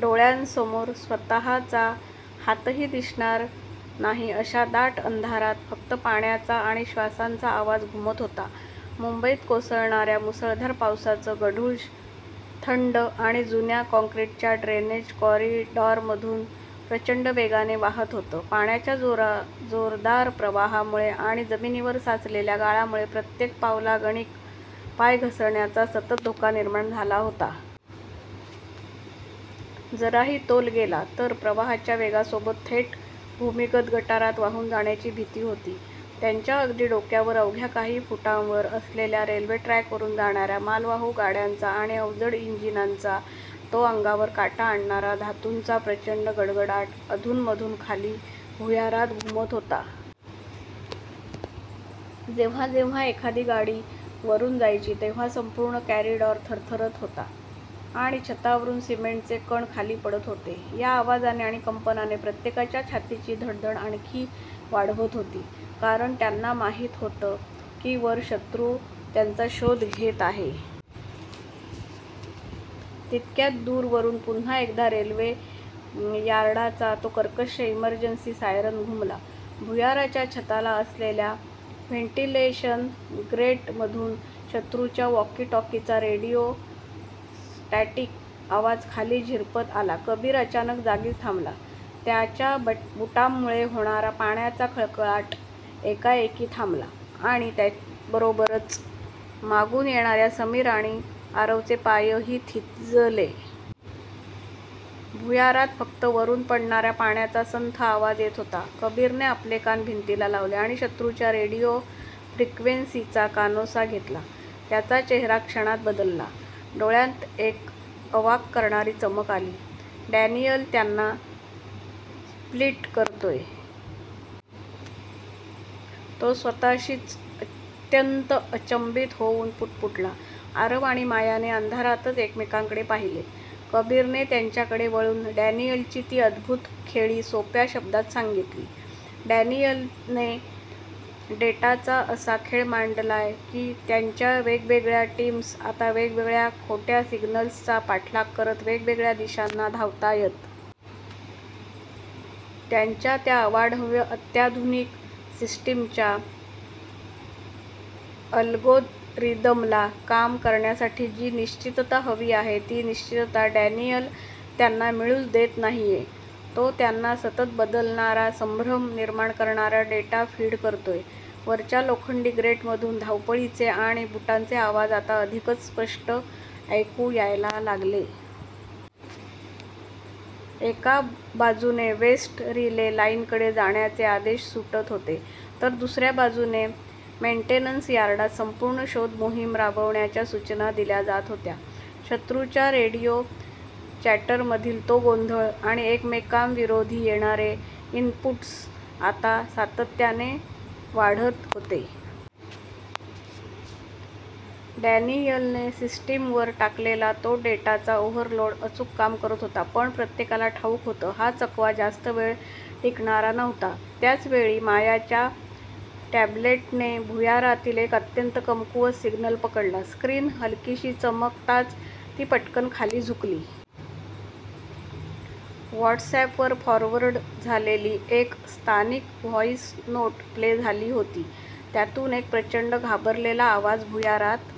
डोळ्यांसमोर स्वतःचा हातही दिसणार नाही अशा दाट अंधारात फक्त पाण्याचा आणि श्वासांचा आवाज घुमत होता. मुंबईत कोसळणाऱ्या मुसळधार पावसाचं गढूळ, थंड पाणी जुन्या काँक्रीटच्या ड्रेनेज कॉरिडॉरमधून प्रचंड वेगाने वाहत होतं. पाण्याच्या जोरदार प्रवाहामुळे आणि जमिनीवर साचलेल्या गाळामुळे प्रत्येक पावलागणिक पाय घसरण्याचा सतत धोका निर्माण झाला होता. जराही तोल गेला, तर प्रवाहाच्या वेगासोबत थेट भूमिगत गटारात वाहून जाण्याची भीती होती. त्यांच्या अगदी डोक्यावर, अवघ्या काही फुटांवर असलेल्या रेल्वे ट्रॅकवरून जाणाऱ्या मालवाहू गाड्यांचा आणि अवजड इंजिनांचा तो अंगावर काटा आणणारा धातूचा प्रचंड गडगडाट अधूनमधून खाली भुयारात घुमत होता. जेव्हा जेव्हा एखादी गाडी वरून जायची, तेव्हा संपूर्ण कॉरिडॉर थरथरत होता आणि छतावरून सिमेंटचे कण खाली पडत होते. या आवाजाने आणि कंपनाने प्रत्येकाच्या छातीची धडधड आणखी वाढवत होती; कारण त्यांना माहीत होतं की वर शत्रू त्यांचा शोध घेत आहे. तितक्यात, दूर वरून पुन्हा एकदा रेल्वे यार्डाचा तो कर्कश इमर्जन्सी सायरन घुमला. भुयाराच्या छताला असलेल्या व्हेंटिलेशन ग्रेटमधून शत्रूच्या वॉकी-टॉकीचा रेडिओ स्टॅटिक आवाज खाली झिरपत आला, कबीर अचानक जागीच थांबला. त्याच्या बुटांमुळे होणारा पाण्याचा खळखळाट एकाएकी थांबला आणि त्याबरोबरच मागून येणाऱ्या समीर आणि आरवचे पायही थिजले. भुयारात फक्त वरून पडणाऱ्या पाण्याचा संथ आवाज येत होता. कबीरने आपले कान भिंतीला लावले आणि शत्रूच्या रेडिओ फ्रिक्वेन्सीचा कानोसा घेतला. त्याचा चेहरा क्षणात बदलला, डोळ्यांत एक अवाक करणारी चमक आली. "डॅनियल त्यांना स्प्लिट करतोय. " तो स्वतःशीच, अत्यंत अचंबित होऊन पुटपुटला. आरव आणि मायाने अंधारातच एकमेकांकडे पाहिले. कबीरने त्यांच्याकडे वळून डॅनियलची ती अद्भूत खेळी सोप्या शब्दांत सांगितली, "डॅनियलने डेटाचा असा खेळ मांडलाय की त्यांच्या वेगवेगळ्या टीम्स आता वेगवेगळ्या खोट्या सिग्नल्सचा पाठलाग करत वेगवेगळ्या दिशांना धावतायत. त्यांच्या त्या अवाढव्य, अत्याधुनिक सिस्टीमच्या अल्गोरिदमला काम करण्यासाठी जी 'निश्चितता' हवी आहे. ती निश्चितता डॅनियल त्यांना मिळूच देत नाहीये. तो त्यांना सतत बदलणारा, संभ्रम निर्माण करणारा डेटा फीड करतोय." वरच्या लोखंडी ग्रेटमधून धावपळीचे आणि बुटांचे आवाज आता अधिकच स्पष्ट ऐकू यायला लागले. एका बाजूने वेस्ट रिले लाईनकडे जाण्याचे आदेश सुटत होते, तर दुसऱ्या बाजूने मेन्टेनन्स यार्डात संपूर्ण शोधमोहीम राबवण्याच्या सूचना दिल्या जात होत्या. शत्रूच्या रेडिओ चॅटरमधील तो गोंधळ आणि एकमेकांविरोधी येणारे इनपुट्स आता सातत्याने वाढत होते. डॅनियलने सिस्टीमवर टाकलेला तो डेटाचा ओव्हरलोड अचूक काम करत होता. पण प्रत्येकाला ठाऊक होतं. हा चकवा जास्त वेळ टिकणारा नव्हता. त्याच वेळी मायाच्या टॅब्लेटने भुयारातील एक अत्यंत कमकुवत सिग्नल पकडला. स्क्रीन हलकीशी चमकताच ती पटकन खाली झुकली. व्हॉट्सअॅपवर फॉरवर्ड झालेली एक स्थानिक व्हॉईस नोट प्ले झाली होती. त्यातून एक प्रचंड घाबरलेला आवाज भुयारात